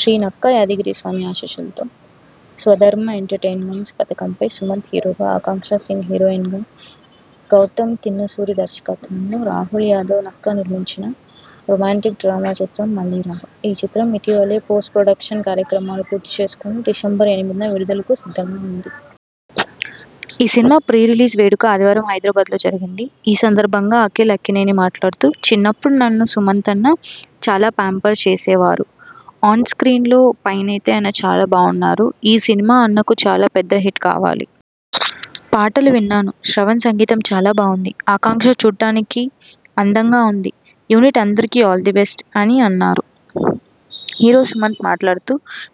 శ్రీ నక్క యాదగిరి స్వామి ఆశీస్సులతో స్వధర్మ్ ఎంటర్టైన్మెంట్ పతాకంపై సుమంత్ హీరోగా, ఆకాంక్ష సింగ్ హీరోయిన్గా, గౌతమ్ తిన్ననూరి దర్శకత్వంలో రాహుల్ యాదవ్ నక్క నిర్మించిన రొమాంటిక్ డ్రామా చిత్రం 'మళ్లీ రావా'. ఈ చిత్రం ఇటీవలే పోస్ట్ ప్రొడక్షన్ కార్యక్రమాలు పూర్తి చేసుకుని డిసెంబర్ ఎనిమిదిన విడుదలకు సిద్ధంగా ఉంది. ఈ సినిమా ప్రీ రిలీజ్ వేడుక ఆదివారం హైదరాబాద్‌లో జరిగింది. ఈ సందర్భంగా అఖిల్ అక్కినేని మాట్లాడుతూ.. ''చిన్నప్పుడు నన్ను సుమంత్ అన్న చాలా పాంపర్ చేసేవారు. ఆన్ స్క్రీన్‌లో పెయిన్తో ఆయన చాలా బాగున్నారు. ఈ సినిమా అన్నకు చాలా పెద్ద హిట్ కావాలి. పాటలు విన్నాను. శ్రవణ్ సంగీతం చాలా బాగుంది. ఆకాంక్ష చూడడానికి అందంగా ఉంది. యూనిట్ అందరికీ ఆల్ ద బెస్ట్.. '' అని అన్నారు. హీరో సుమంత్ మాట్లాడుతూ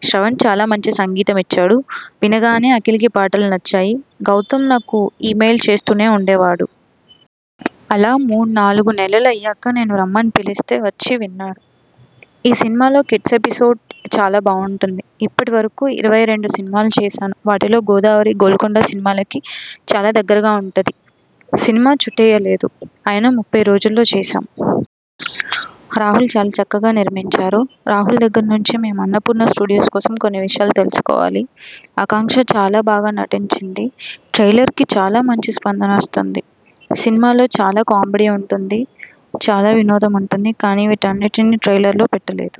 ''శ్రవణ్ చాలా మంచి సంగీతం ఇచ్చాడు. వినగానే అఖిల్‌కి పాటలు నచ్చాయి. గౌతమ్ నాకు ఈమెయిల్ చేస్తూనే ఉండేవాడు. అలా మూడు నాలుగు నెలలు అయ్యాక నేను రమ్మని పిలిస్తే వచ్చి విన్నాడు. ఈ సినిమాలో కిడ్స్ ఎపిసోడ్ చాలా బావుంటుంది. ఇప్పటి వరకు ఇరవై రెండు సినిమాలు చేశాను. వాటిలో గోదావరి, గోల్కొండ స్కూలు సినిమాలకి చాలా దగ్గరగా ఉంటుంది. సినిమా చుట్టేయలేదు. అయినా ముప్పై రోజుల్లో చేశాం. రాహుల్ చాలా చక్కగా నిర్మించారు. రాహుల్ దగ్గర నుంచి మేం అన్నపూర్ణ స్టూడియో కోసం కొన్ని విషయాలు తెలుసుకోవాలి. ఆకాంక్ష చాలా బాగా నటించింది. ట్రైలర్‌కి చాలా మంచి స్పందన వస్తోంది. సినిమాలో చాలా కామెడీ ఉంటుంది, చాలా వినోదం ఉంటుంది. కానీ వాటన్నిటినీ ట్రైలర్‌లో పెట్టలేదు.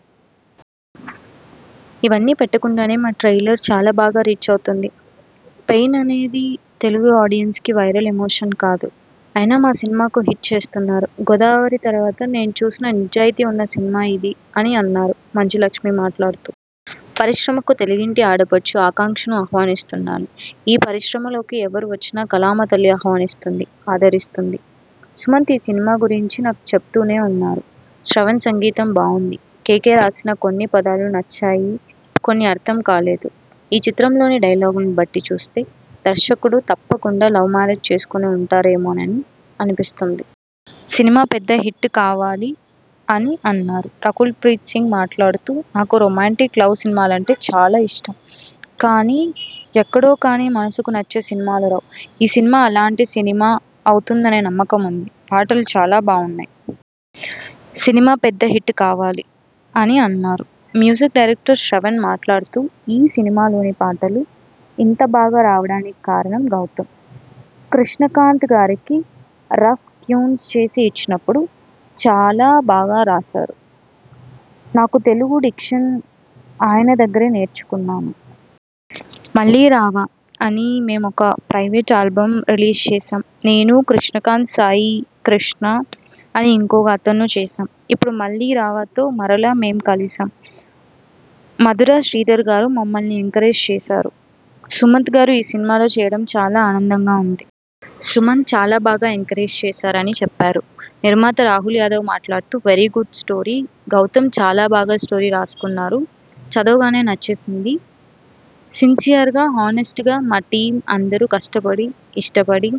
అవన్నీ పెట్టకుండానే మా ట్రైలర్ చాలా బాగా రీచ్ అవుతోంది. పెయిన్ అనేది తెలుగు ఆడియన్స్‌కి వైరల్ ఎమోషన్ కాదు. అయినా మా సినిమాను హిట్ చేస్తున్నారు. గోదావరి తర్వాత నేను చేసిన నిజాయితీ ఉన్న సినిమా ఇది'' అని అన్నారు. మంచు లక్ష్మి మాట్లాడుతూ.. ''పరిశ్రమకు తెలుగింటి ఆడపడుచు ఆకాంక్షను ఆహ్వానిస్తున్నాను. ఈ పరిశ్రమలోకి ఎవరు వచ్చినా కళామతల్లి ఆహ్వానిస్తుంది. ఆదరిస్తుంది. సుమంత్ ఈ సినిమా గురించి నాకు చెబుతూనే ఉన్నారు. శ్రవణ్ సంగీతం బావుంది. కె. కె. రాసిన కొన్ని పదాలు నచ్చాయి. కొన్ని అర్థం కాలేదు. ఈ చిత్రంలోని డైలాగులను బట్టి చూస్తే దర్శకుడు తప్పకుండా లవ్ మ్యారేజ్ చేసుకుని ఉంటారేమోనని అనిపిస్తోంది. సినిమా పెద్ద హిట్ కావాలి'' అని అన్నారు. రకుల్ ప్రీత్ సింగ్ మాట్లాడుతూ.. ''నాకు రొమాంటిక్, లవ్ సినిమాలంటే చాలా ఇష్టం. కానీ ఎక్కడో కానీ మనసుకు నచ్చే సినిమాలు రావు. ఈ సినిమా అలాంటి సినిమా అవుతుందనే నమ్మకం ఉంది. పాటలు చాలా బావున్నాయి. సినిమా పెద్ద హిట్ కావాలి.. '' అని అన్నారు. మ్యూజిక్ డైరెక్టర్ శ్రవణ్ మాట్లాడుతూ.. ''ఈ సినిమాలోని పాటలు ఇంత బాగా రావడానికి కారణం గౌతమ్. కృష్ణకాంత్ గారికి రఫ్ ట్యూన్స్ చేసి ఇచ్చినప్పుడు చాలా బాగా రాశారు. నాకు తెలుగు డిక్షన్ ఆయన దగ్గరే నేర్చుకున్నాను. 'మళ్లీ రావా' అని మేం ఓ ప్రైవేట్ ఆల్బమ్ రిలీజ్ చేశాం. నేను, కృష్ణకాంత్, సాయికృష్ణ, అని ఇంకో అతను చేశాం. ఇప్పుడు 'మళ్లీ రావా'తో మరలా మేం కలిశాం. మధుర శ్రీధర్ గారు మమ్మల్ని ఎంకరేజ్ చేశారు. సుమంత్ గారు ఈ సినిమాలో చేయడం చాలా ఆనందంగా ఉంది. సుమంత్ చాలా బాగా ఎంకరేజ్ చేశారు'' అని చెప్పారు. నిర్మాత రాహుల్ యాదవ్ మాట్లాడుతూ.. ''వెరీ గుడ్ స్టోరీ. గౌతమ్ చాలా బాగా స్టోరీ రాసుకున్నారు. చదవగానే నచ్చేసింది. సిన్సియర్‌గా, హానెస్ట్‌గా, మా టీమ్ అందరూ కష్టపడి ఇష్టపడి